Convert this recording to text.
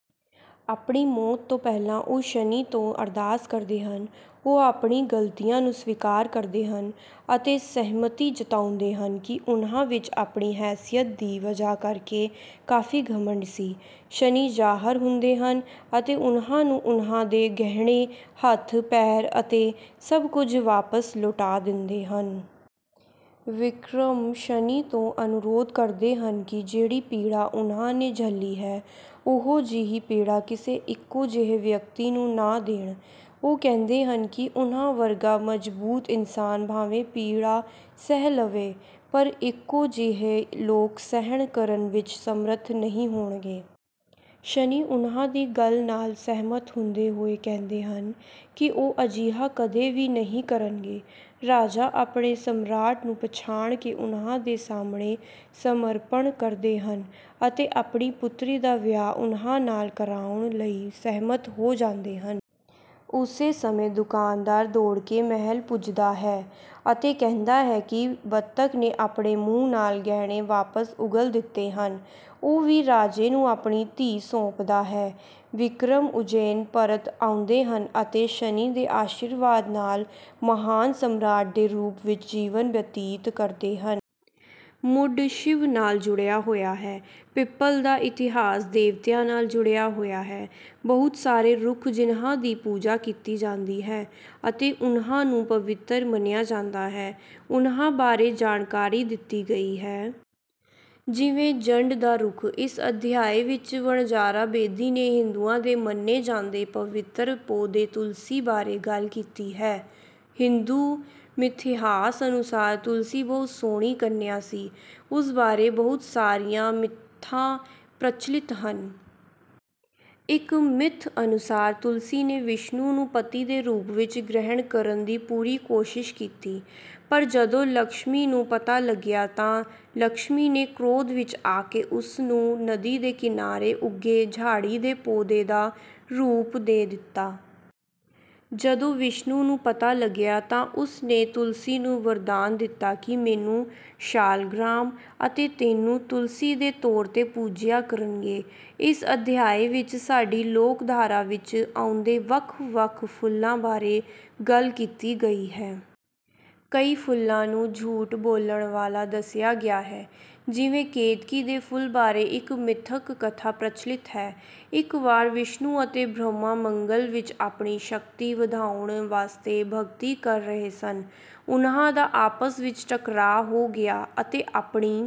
ਆਪਣੀ ਮੌਤ ਤੋਂ ਪਹਿਲਾਂ ਉਹ ਸ਼ਨੀ ਤੋਂ ਅਰਦਾਸ ਕਰਦੇ ਹਨ। ਉਹ ਆਪਣੀਆਂ ਗਲਤੀਆਂ ਨੂੰ ਸਵੀਕਾਰ ਕਰਦੇ ਹਨ ਅਤੇ ਸਹਿਮਤੀ ਜਤਾਉਂਦੇ ਹਨ ਕਿ ਉਨ੍ਹਾਂ ਵਿੱਚ ਆਪਣੀ ਹੈਸੀਅਤ ਦੀ ਵਜ੍ਹਾ ਕਰਕੇ ਕਾਫ਼ੀ ਘਮੰਡ ਸੀ। ਸ਼ਨੀ ਜ਼ਾਹਰ ਹੁੰਦੇ ਹਨ ਅਤੇ ਉਨ੍ਹਾਂ ਨੂੰ ਉਨ੍ਹਾਂ ਦੇ ਗਹਿਣੇ, ਹੱਥ, ਪੈਰ ਅਤੇ ਸਭ ਕੁਝ ਵਾਪਸ ਲੌਟਾ ਦਿੰਦੇ ਹਨ। ਵਿਕਰਮ ਸ਼ਨੀ ਤੋਂ ਅਨੁਰੋਧ ਕਰਦੇ ਹਨ ਕਿ ਜਿਹੜੀ ਪੀੜਾ ਉਨ੍ਹਾਂ ਨੇ ਝੱਲੀ ਹੈ, ਉਹੋ ਜਿਹੀ ਪੀੜਾ ਕਿਸੇ ਇੱਕੋ ਜਿਹੇ ਵਿਅਕਤੀ ਨੂੰ ਨਾ ਦੇਣ। ਉਹ ਕਹਿੰਦੇ ਹਨ ਕਿ ਉਨ੍ਹਾਂ ਵਰਗਾ ਮਜ਼ਬੂਤ ਇਨਸਾਨ ਭਾਵੇਂ ਪੀੜਾ ਸਹਿ ਲਵੇ, ਪਰ ਇੱਕੋ ਜਿਹੇ ਲੋਕ ਸਹਿਣ ਕਰਨ ਵਿੱਚ ਸਮਰੱਥ ਨਹੀਂ ਹੋਣਗੇ। ਸ਼ਨੀ ਉਨ੍ਹਾਂ ਦੀ ਗੱਲ ਨਾਲ ਸਹਿਮਤ ਹੁੰਦੇ ਹੋਏ ਕਹਿੰਦੇ ਹਨ ਕਿ ਉਹ ਅਜਿਹਾ ਕਦੇ ਵੀ ਨਹੀਂ ਕਰਨਗੇ। ਰਾਜਾ ਆਪਣੇ ਸਮਰਾਟ ਨੂੰ ਪਛਾਣ ਕੇ ਉਨ੍ਹਾਂ ਦੇ ਸਾਹਮਣੇ ਸਮਰਪਣ ਕਰਦੇ ਹਨ ਅਤੇ ਆਪਣੀ ਪੁਤਰੀ ਦਾ ਵਿਆਹ ਉਨ੍ਹਾਂ ਨਾਲ ਕਰਾਉਣ ਲਈ ਸਹਿਮਤ ਹੋ ਜਾਂਦੇ ਹਨ। ਉਸੇ ਸਮੇਂ, ਦੁਕਾਨਦਾਰ ਦੌੜ ਕੇ ਮਹਿਲ ਪੁੱਜਦਾ ਹੈ ਅਤੇ ਕਹਿੰਦਾ ਹੈ ਕਿ ਬੱਤਖ਼ ਨੇ ਆਪਣੇ ਮੂੰਹ ਨਾਲ ਗਹਿਣੇ ਵਾਪਸ ਉਗਲ ਦਿੱਤੇ ਹਨ। ਉਹ ਵੀ ਰਾਜੇ ਨੂੰ ਆਪਣੀ ਧੀ ਸੌਂਪਦਾ ਹੈ। ਵਿਕਰਮ ਉੱਜੈਨ ਪਰਤ ਆਉਂਦੇ ਹਨ ਅਤੇ ਸ਼ਨੀ ਦੇ ਆਸ਼ੀਰਵਾਦ ਨਾਲ ਮਹਾਨ ਸਮਰਾਟ ਦੇ ਰੂਪ ਵਿੱਚ ਜੀਵਨ ਬਤੀਤ ਕਰਦੇ ਹਨ। ਮੁਢ ਸ਼ਿਵ ਨਾਲ ਜੁੜਿਆ ਹੋਇਆ ਹੈ। ਪਿੱਪਲ ਦਾ ਇਤਿਹਾਸ ਦੇਵਤਿਆਂ ਨਾਲ ਜੁੜਿਆ ਹੋਇਆ ਹੈ। ਬਹੁਤ ਸਾਰੇ ਰੁੱਖ ਜਿਨ੍ਹਾਂ ਦੀ ਪੂਜਾ ਕੀਤੀ ਜਾਂਦੀ ਹੈ ਅਤੇ ਉਨ੍ਹਾਂ ਨੂੰ ਪਵਿੱਤਰ ਮੰਨਿਆ ਜਾਂਦਾ ਹੈ, ਉਨ੍ਹਾਂ ਬਾਰੇ ਜਾਣਕਾਰੀ ਦਿੱਤੀ ਗਈ ਹੈ। ਜਿਵੇਂ ਜੰਡ ਦਾ ਰੁੱਖ। ਇਸ ਅਧਿਆਇ ਵਿੱਚ ਵਣਜਾਰਾ ਬੇਦੀ ਨੇ ਹਿੰਦੂਆਂ ਦੇ ਮੰਨੇ ਜਾਂਦੇ ਪਵਿੱਤਰ ਪੌਦੇ ਤੁਲਸੀ ਬਾਰੇ ਗੱਲ ਕੀਤੀ ਹੈ। ਹਿੰਦੂ ਮਿਥਿਹਾਸ ਅਨੁਸਾਰ ਤੁਲਸੀ ਬਹੁਤ ਸੋਹਣੀ ਕੰਨਿਆ ਸੀ। ਉਸ ਬਾਰੇ ਬਹੁਤ ਸਾਰੀਆਂ ਮਿੱਥਾਂ ਪ੍ਰਚਲਿਤ ਹਨ। ਇੱਕ ਮਿੱਥ ਅਨੁਸਾਰ ਤੁਲਸੀ ਨੇ ਵਿਸ਼ਨੂੰ ਨੂੰ ਪਤੀ ਦੇ ਰੂਪ ਵਿੱਚ ਗ੍ਰਹਿਣ ਕਰਨ ਦੀ ਪੂਰੀ ਕੋਸ਼ਿਸ਼ ਕੀਤੀ, ਪਰ ਜਦੋਂ ਲਕਸ਼ਮੀ ਨੂੰ ਪਤਾ ਲੱਗਿਆ ਤਾਂ ਲਕਸ਼ਮੀ ਨੇ ਕ੍ਰੋਧ ਵਿੱਚ ਆ ਕੇ ਉਸ ਨੂੰ ਨਦੀ ਦੇ ਕਿਨਾਰੇ ਉੱਗੇ ਝਾੜੀ ਦੇ ਪੌਦੇ ਦਾ ਰੂਪ ਦੇ ਦਿੱਤਾ। ਜਦੋਂ ਵਿਸ਼ਨੂੰ ਨੂੰ ਪਤਾ ਲੱਗਿਆ ਤਾਂ ਉਸ ਨੇ ਤੁਲਸੀ ਨੂੰ ਵਰਦਾਨ ਦਿੱਤਾ ਕਿ ਮੈਨੂੰ ਸ਼ਾਲਗਰਾਮ ਅਤੇ ਤੈਨੂੰ ਤੁਲਸੀ ਦੇ ਤੌਰ 'ਤੇ ਪੂਜਿਆ ਕਰਨਗੇ। ਇਸ ਅਧਿਆਇ ਵਿੱਚ ਸਾਡੀ ਲੋਕਧਾਰਾ ਵਿੱਚ ਆਉਂਦੇ ਵੱਖ-ਵੱਖ ਫੁੱਲਾਂ ਬਾਰੇ ਗੱਲ ਕੀਤੀ ਗਈ ਹੈ। ਕਈ ਫੁੱਲਾਂ ਨੂੰ ਝੂਠ ਬੋਲਣ ਵਾਲਾ ਦੱਸਿਆ ਗਿਆ ਹੈ। ਜਿਵੇਂ ਕੇਤਕੀ ਦੇ ਫੁੱਲ ਬਾਰੇ ਇੱਕ ਮਿਥਕ ਕਥਾ ਪ੍ਰਚਲਿਤ ਹੈ। ਇੱਕ ਵਾਰ ਵਿਸ਼ਨੂੰ ਅਤੇ ਬ੍ਰਹਮਾ ਜੰਗਲ ਵਿੱਚ ਆਪਣੀ ਸ਼ਕਤੀ ਵਧਾਉਣ ਵਾਸਤੇ ਭਗਤੀ ਕਰ ਰਹੇ ਸਨ। ਉਨ੍ਹਾਂ ਦਾ ਆਪਸ ਵਿੱਚ ਟਕਰਾਅ ਹੋ ਗਿਆ ਅਤੇ ਆਪਣੀ